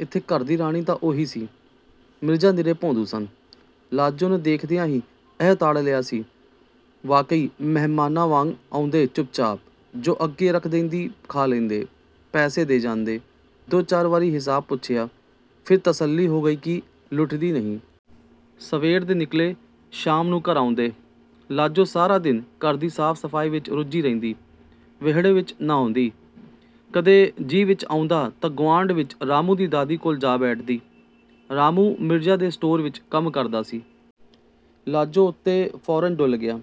ਇੱਥੇ ਘਰ ਦੀ ਰਾਣੀ ਤਾਂ ਉਹੀ ਸੀ। ਮਿਰਜਾ ਨਿਰੇ ਭੌਂਦੂ ਸਨ—ਲਾਜੋ ਨੇ ਦੇਖਦਿਆਂ ਹੀ ਇਹ ਤਾੜ ਲਿਆ ਸੀ। ਵਾਕਈ ਮਹਿਮਾਨਾਂ ਵਾਂਗ ਆਉਂਦੇ—ਚੁੱਪਚਾਪ। ਜੋ ਅੱਗੇ ਰੱਖ ਦੇਂਦੀ, ਖਾ ਲੈਂਦੇ। ਪੈਸੇ ਦੇ ਜਾਂਦੇ। ਦੋ-ਚਾਰ ਵਾਰੀ ਹਿਸਾਬ ਪੁੱਛਿਆ, ਫਿਰ ਤਸੱਲੀ ਹੋ ਗਈ ਕਿ ਲੁੱਟਦੀ ਨਹੀਂ। ਸਵੇਰ ਦੇ ਨਿਕਲੇ, ਸ਼ਾਮ ਨੂੰ ਘਰ ਆਉਂਦੇ। ਲਾਜੋ ਸਾਰਾ ਦਿਨ ਘਰ ਦੀ ਸਾਫ਼-ਸਫ਼ਾਈ ਵਿੱਚ ਰੁੱਝੀ ਰਹਿੰਦੀ। ਵਿਹੜੇ ਵਿੱਚ ਨਹਾਉਂਦੀ। ਕਦੇ ਜੀਅ ਵਿੱਚ ਆਉਂਦਾ ਤਾਂ ਗੁਆਂਢ ਵਿੱਚ ਰਾਮੂ ਦੀ ਦਾਦੀ ਕੋਲ ਜਾ ਬੈਠਦੀ। ਰਾਮੂ ਮਿਰਜਾ ਦੇ ਸਟੋਰ ਵਿੱਚ ਕੰਮ ਕਰਦਾ ਸੀ। ਲਾਜੋ ਉੱਤੇ ਫੌਰਨ ਡੁੱਲ੍ਹ ਗਿਆ।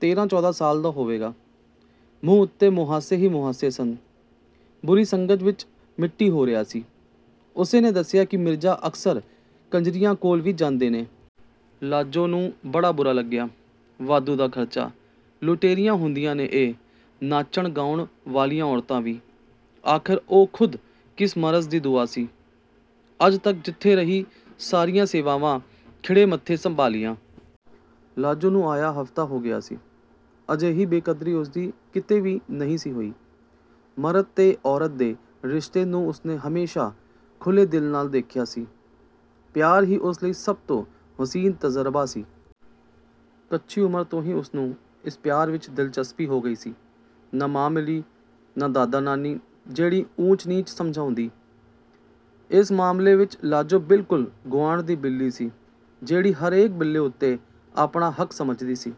ਤੇਰਾਂ-ਚੌਦਾਂ ਸਾਲ ਦਾ ਹੋਵੇਗਾ। ਮੂੰਹ ਉੱਤੇ ਮੁਹਾਸੇ ਹੀ ਮੁਹਾਸੇ ਸਨ। ਬੁਰੀ ਸੰਗਤ ਵਿੱਚ ਮਿੱਟੀ ਹੋ ਰਿਹਾ ਸੀ। ਉਸੇ ਨੇ ਦੱਸਿਆ ਕਿ ਮਿਰਜਾ ਅਕਸਰ ਕੰਜਰੀਆਂ ਕੋਲ ਵੀ ਜਾਂਦੇ ਨੇ। ਲਾਜੋ ਨੂੰ ਬੜਾ ਬੁਰਾ ਲੱਗਿਆ। ਵਾਧੂ ਦਾ ਖਰਚਾ। ਲੁਟੇਰੀਆਂ ਹੁੰਦੀਆਂ ਨੇ ਇਹ ਨਾਚਣ-ਗਾਉਣ ਵਾਲੀਆਂ ਔਰਤਾਂ ਵੀ। ਆਖ਼ਰ ਉਹ ਖੁਦ ਕਿਸ ਮਰਜ਼ ਦੀ ਦੁਆ ਸੀ? ਅੱਜ ਤੱਕ ਜਿੱਥੇ ਰਹੀ, ਸਾਰੀਆਂ ਸੇਵਾਵਾਂ ਖਿੜੇ ਮੱਥੇ ਸੰਭਾਲੀਆਂ। ਲਾਜੋ ਨੂੰ ਆਇਆਂ ਹਫ਼ਤਾ ਹੋ ਗਿਆ ਸੀ। ਅਜਿਹੀ ਬੇਕਦਰੀ ਉਸਦੀ ਕਿਤੇ ਵੀ ਨਹੀਂ ਸੀ ਹੋਈ। ਮਰਦ ਤੇ ਔਰਤ ਦੇ ਰਿਸ਼ਤੇ ਨੂੰ ਉਸਨੇ ਹਮੇਸ਼ਾ ਖੁੱਲ੍ਹੇ ਦਿਲ ਨਾਲ ਦੇਖਿਆ ਸੀ। ਪਿਆਰ ਹੀ ਉਸ ਲਈ ਸਭ ਤੋਂ ਹੁਸੀਨ ਤਜ਼ਰਬਾ ਸੀ। ਕੱਚੀ ਉਮਰ ਤੋਂ ਹੀ ਉਸਨੂੰ ਇਸ ਪਿਆਰ ਵਿੱਚ ਦਿਲਚਸਪੀ ਹੋ ਗਈ ਸੀ। ਨਾ ਮਾਂ ਮਿਲੀ, ਨਾ ਦਾਦੀ-ਨਾਨੀ, ਜਿਹੜੀ ਊਚ-ਨੀਚ ਸਮਝਾਉਂਦੀ। ਇਸ ਮਾਮਲੇ ਵਿੱਚ ਲਾਜੋ ਬਿਲਕੁਲ ਗੁਆਂਢ ਦੀ ਬਿੱਲੀ ਸੀ, ਜਿਹੜੀ ਹਰੇਕ ਬਿੱਲੇ ਉੱਤੇ ਆਪਣਾ ਹੱਕ ਸਮਝਦੀ ਸੀ।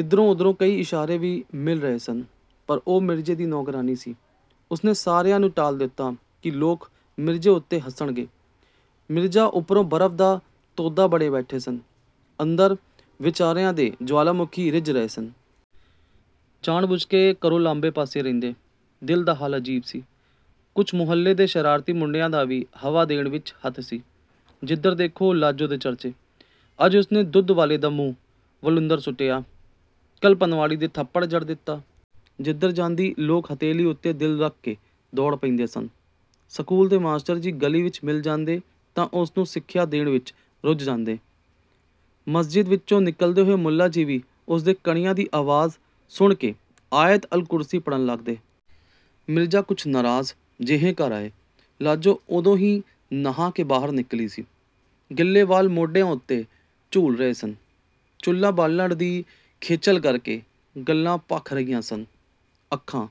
ਇੱਧਰੋਂ-ਉੱਧਰੋਂ ਕਈ ਇਸ਼ਾਰੇ ਵੀ ਮਿਲ ਰਹੇ ਸਨ, ਪਰ ਉਹ ਮਿਰਜੇ ਦੀ ਨੌਕਰਾਣੀ ਸੀ। ਉਸਨੇ ਸਾਰਿਆਂ ਨੂੰ ਟਾਲ ਦਿੱਤਾ ਕਿ ਲੋਕ ਮਿਰਜੇ ਉੱਤੇ ਹੱਸਣਗੇ। ਮਿਰਜਾ ਉੱਪਰੋਂ ਬਰਫ਼ ਦਾ ਤੋਦਾ ਬਣੇ ਬੈਠੇ ਸਨ, ਅੰਦਰ ਵਿਚਾਰਿਆਂ ਦੇ ਜਵਾਲਾਮੁਖੀ ਰਿੱਝ ਰਹੇ ਸਨ। ਜਾਣ-ਬੁੱਝ ਕੇ ਘਰੋਂ ਲਾਂਭੇ-ਪਾਸੇ ਰਹਿੰਦੇ। ਦਿਲ ਦਾ ਹਾਲ ਅਜੀਬ ਸੀ। ਕੁਝ ਮੁਹੱਲੇ ਦੇ ਸ਼ਰਾਰਤੀ ਮੁੰਡਿਆਂ ਦਾ ਵੀ ਹਵਾ ਦੇਣ ਵਿੱਚ ਹੱਥ ਸੀ। ਜਿੱਧਰ ਦੇਖੋ, ਲਾਜੋ ਦੇ ਚਰਚੇ। ਅੱਜ ਉਸਨੇ ਦੁੱਧ ਵਾਲੇ ਦਾ ਮੂੰਹ ਵਲੂੰਧਰ ਸੁੱਟਿਆ, ਕੱਲ੍ਹ ਪਨਵਾੜੀ ਦੇ ਥੱਪੜ ਜੜ ਦਿੱਤਾ। ਜਿੱਧਰ ਜਾਂਦੀ, ਲੋਕ ਹਥੇਲੀ ਉੱਤੇ ਦਿਲ ਰੱਖ ਕੇ ਦੌੜ ਪੈਂਦੇ ਸਨ। ਸਕੂਲ ਦੇ ਮਾਸਟਰ ਜੀ ਗਲੀ ਵਿੱਚ ਮਿਲ ਜਾਂਦੇ ਤਾਂ ਉਸਨੂੰ ਸਿੱਖਿਆ ਦੇਣ ਵਿੱਚ ਰੁੱਝ ਜਾਂਦੇ। ਮਸਜਿਦ ਵਿੱਚੋਂ ਨਿਕਲਦੇ ਹੋਏ ਮੁੱਲਾ ਜੀ ਵੀ ਉਸਦੇ ਕੜਿਆਂ ਦੀ ਆਵਾਜ਼ ਸੁਣ ਕੇ ਆਇਤ-ਅਲ-ਕੁਰਸੀ ਪੜ੍ਹਨ ਲੱਗਦੇ। ਮਿਰਜਾ ਕੁਝ ਨਾਰਾਜ਼, ਜਿਹੇ ਘਰ ਆਏ। ਲਾਜੋ ਉਦੋਂ ਹੀ ਨਹਾ ਕੇ ਬਾਹਰ ਨਿਕਲੀ ਸੀ। ਗਿੱਲੇ ਵਾਲ ਮੋਢਿਆਂ ਉੱਤੇ ਝੂਲ ਰਹੇ ਸਨ। ਚੁੱਲ੍ਹਾ ਬਾਲਣ ਦੀ ਖੇਚਲ ਕਰਕੇ ਗੱਲ੍ਹਾਂ ਭਖ ਰਹੀਆਂ ਸਨ, ਅੱਖਾਂ...